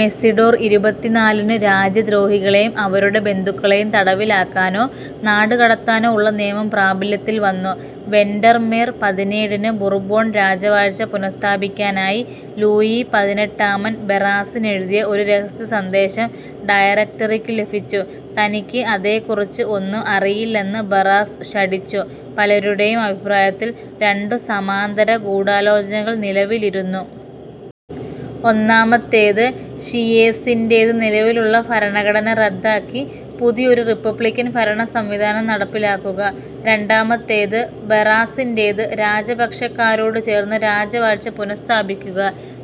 Mesidor ഇരുപത്തിനാലിന് രാജ്യദ്രോഹികളേയും അവരുടെ ബന്ധുക്കളേയും തടവിലാക്കാനോ നാടുകടത്താനോ ഉള്ള നിയമം പ്രാബല്യത്തിൽ വന്നു. വെൻഡർമേർ പതിനേഴിന് ബുർബോൺ രാജവാഴ്ച പുനഃസ്ഥാപിക്കാനായി ലൂയി പതിനെട്ടാമൻ ബറാസിനെഴുതിയ ഒരു രഹസ്യസന്ദേശം ഡയറക്റ്ററിക്കു ലഭിച്ചു. തനിക്ക് അതേക്കുറിച്ച് ഒന്നും അറിയില്ലെന്ന് ബറാസ് ശഠിച്ചു. പലരുടെയും അഭിപ്രായത്തിൽ, രണ്ടു സമാന്തര ഗൂഢാലോചനകൾ നിലവിലിരുന്നു. ഒന്നാമത്തേത് ഷീയെസിന്റേത് നിലവിലുള്ള ഭരണഘടന റദ്ദാക്കി പുതിയൊരു റിപ്പബ്ലിക്കൻ ഭരണസംവിധാനം നടപ്പിലാക്കുക. രണ്ടാമത്തേത് ബറാസിന്റേത് രാജപക്ഷക്കാരോടു ചേർന്ന് രാജവാഴ്ച പുനഃസ്ഥാപിക്കുക.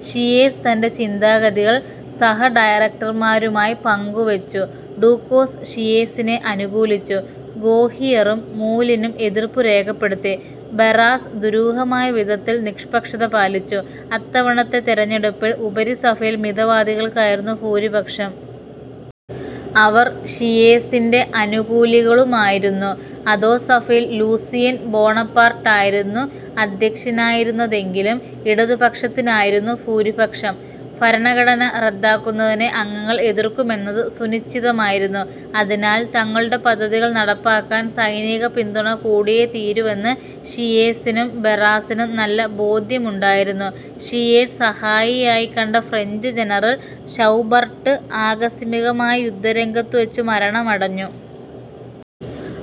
ഷീയെസ് തൻ്റെ ചിന്താഗതികൾ സഹഡയറക്റ്റർമാരുമായി പങ്കുവച്ചു. ഡൂക്കോസ് ഷീയെസിനെ അനുകൂലിച്ചു, ഗോഹിയറും മൂലിനും എതിർപ്പു രേഖപ്പെടുത്തി. ബറാസ് ദുരൂഹമായ വിധത്തിൽ നിഷ്പക്ഷത പാലിച്ചു. അത്തവണത്തെ തിരഞ്ഞെടുപ്പിൽ ഉപരിസഭയിൽ മിതവാദികൾക്കായിരുന്നു ഭൂരിപക്ഷം. അവർ ഷീയെസിൻ്റെ അനുകൂലികളുമായിരുന്നു. അധോസഭയിൽ ലൂസിയൻ ബോണപാർട്ടായിരുന്നു അധ്യക്ഷനായിരുന്നതെങ്കിലും, ഇടതുപക്ഷത്തിനായിരുന്നു ഭൂരിപക്ഷം. ഭരണഘടന റദ്ദാക്കുന്നതിനെ അംഗങ്ങൾ എതിർക്കുമെന്നത് സുനിശ്ചിതമായിരുന്നു. അതിനാൽ തങ്ങളുടെ പദ്ധതികൾ നടപ്പാക്കാൻ സൈനികപിന്തുണ കൂടിയേ തീരൂവെന്ന് ഷീയെസിനും ബറാസിനും നല്ല ബോധ്യമുണ്ടായിരുന്നു. ഷീയെസ് സഹായിയായി കണ്ട ഫ്രഞ്ച് ജനറൽ ഷൗബർട്ട് ആകസ്മികമായി യുദ്ധരംഗത്തുവച്ച് മരണമടഞ്ഞു.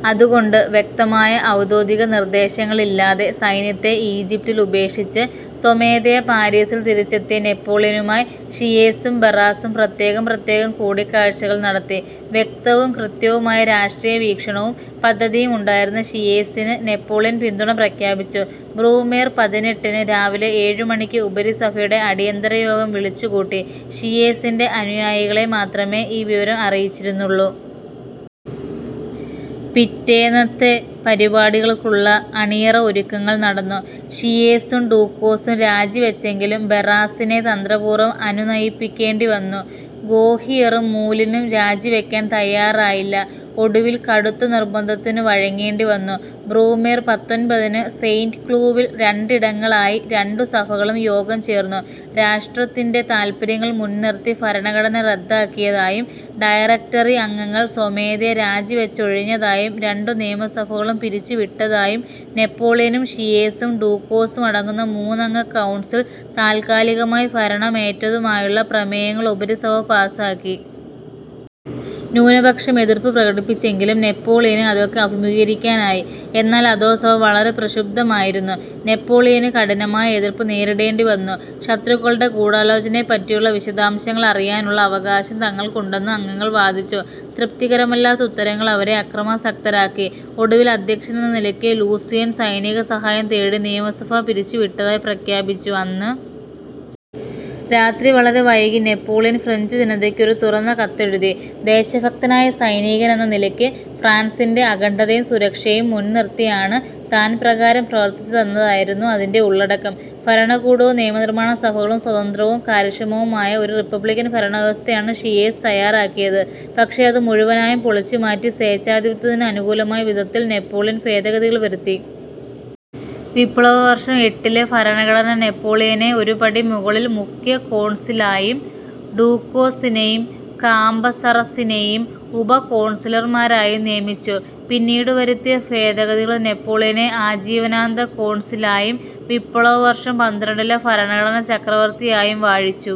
അതുകൊണ്ട്, വ്യക്തമായ ഔദ്യോഗിക നിർദ്ദേശങ്ങളില്ലാതെ സൈന്യത്തെ ഈജിപ്തിൽ ഉപേക്ഷിച്ച് സ്വമേധയാ പാരീസിൽ തിരിച്ചെത്തിയ നെപ്പോളിയനുമായി ഷീയെസും ബറാസും പ്രത്യേകം പ്രത്യേകം കൂടിക്കാഴ്ചകൾ നടത്തി. വ്യക്തവും കൃത്യവുമായ രാഷ്ട്രീയവീക്ഷണവും പദ്ധതിയും ഉണ്ടായിരുന്ന ഷീയെസിന് നെപ്പോളിയൻ പിന്തുണ പ്രഖ്യാപിച്ചു. ബ്രൂമേർ പതിനെട്ടിന് രാവിലെ ഏഴുമണിക്ക് ഉപരിസഭയുടെ അടിയന്തരയോഗം വിളിച്ചുകൂട്ടി. ഷീയെസിൻ്റെ അനുയായികളെ മാത്രമേ ഈ വിവരം അറിയിച്ചിരുന്നുള്ളൂ. പിറ്റേന്നത്തെ പരിപാടികൾക്കുള്ള അണിയറ ഒരുക്കങ്ങൾ നടന്നു. ഷീയെസും ഡൂക്കോസും രാജിവച്ചെങ്കിലും, ബറാസിനെ തന്ത്രപൂർവം അനുനയിപ്പിക്കേണ്ടിവന്നു. ഗോഹിയറും മൂലിനും രാജിവയ്ക്കാൻ തയ്യാറായില്ല. ഒടുവിൽ കടുത്ത നിർബന്ധത്തിനു വഴങ്ങേണ്ടിവന്നു. ബ്രൂമേർ പത്തൊൻപതിന് സെയ്ന്റ്ക്ലൂ വിൽ രണ്ടിടങ്ങളിലായി രണ്ടു സഭകളും യോഗം ചേർന്നു. രാഷ്ട്രത്തിൻ്റെ താത്പര്യങ്ങൾ മുൻനിർത്തി ഭരണഘടന റദ്ദാക്കിയതായും, ഡയറക്റ്ററി അംഗങ്ങൾ സ്വമേധയാ രാജിവച്ചൊഴിഞ്ഞതായും, രണ്ടു നിയമസഭകളും പിരിച്ചുവിട്ടതായും, നെപ്പോളിയനും ഷീയെസും ഡൂക്കോസും അടങ്ങുന്ന മൂന്നംഗ കൗൺസിൽ താത്കാലികമായി ഭരണമേറ്റതായുമുള്ള പ്രമേയങ്ങൾ ഉപരിസഭ പാസാക്കി. ന്യൂനപക്ഷം എതിർപ്പു പ്രകടിപ്പിച്ചെങ്കിലും, നെപ്പോളിയന് അതൊക്കെ അഭിമുഖീകരിക്കാനായി. എന്നാൽ അധോസഭ വളരെ പ്രക്ഷുബ്ധമായിരുന്നു. നെപ്പോളിയന് കഠിനമായ എതിർപ്പ് നേരിടേണ്ടിവന്നു. ശത്രുക്കളുടെ ഗൂഢാലോചനയെപ്പറ്റിയുള്ള വിശദാംശങ്ങൾ അറിയാനുള്ള അവകാശം തങ്ങൾക്കുണ്ടെന്ന് അംഗങ്ങൾ വാദിച്ചു. തൃപ്തികരമല്ലാത്ത ഉത്തരങ്ങൾ അവരെ അക്രമാസക്തരാക്കി. ഒടുവിൽ, അധ്യക്ഷനെന്ന നിലയ്ക്ക് ലൂസിയൻ സൈനികസഹായം തേടി നിയമസഭ പിരിച്ചുവിട്ടതായി പ്രഖ്യാപിച്ചു. അന്ന് രാത്രി വളരെ വൈകി നെപ്പോളിയൻ ഫ്രഞ്ചുജനതയ്ക്ക് ഒരു തുറന്ന കത്തെഴുതി. ദേശഭക്തനായ സൈനികനെന്ന നിലയ്ക്ക് ഫ്രാൻസിൻ്റെ അഖണ്ഡതയും സുരക്ഷയും മുൻനിർത്തിയാണ് താൻപ്രകാരം പ്രവർത്തിച്ചതെന്നായിരുന്നു അതിൻ്റെ ഉള്ളടക്കം. ഭരണകൂടവും നിയമനിർമ്മാണസഭകളും സ്വതന്ത്രവും കാര്യക്ഷമവുമായ ഒരു റിപ്പബ്ലിക്കൻ ഭരണവ്യവസ്ഥയാണ് ഷീയെസ് തയ്യാറാക്കിയത്. പക്ഷേ, അത് മുഴുവനായും പൊളിച്ചുമാറ്റി, സ്വേച്ഛാധിപത്യത്തിന് അനുകൂലമായ വിധത്തിൽ നെപ്പോളിയൻ ഭേദഗതികൾ വരുത്തി. വിപ്ലവവർഷം എട്ടിലെ ഭരണഘടന നെപ്പോളിയനെ ഒരു പടി മുകളിൽ മുഖ്യ കോൺസിലായും, ഡൂക്കോസിനെയും കാംബസറസിനെയും ഉപകോൺസിലർമാരായും നിയമിച്ചു. പിന്നീട് വരുത്തിയ ഭേദഗതികൾ നെപ്പോളിയനെ ആജീവനാന്ത കോൺസിലായും, വിപ്ലവവർഷം പന്ത്രണ്ടിലെ ഭരണഘടന ചക്രവർത്തിയായും വാഴിച്ചു.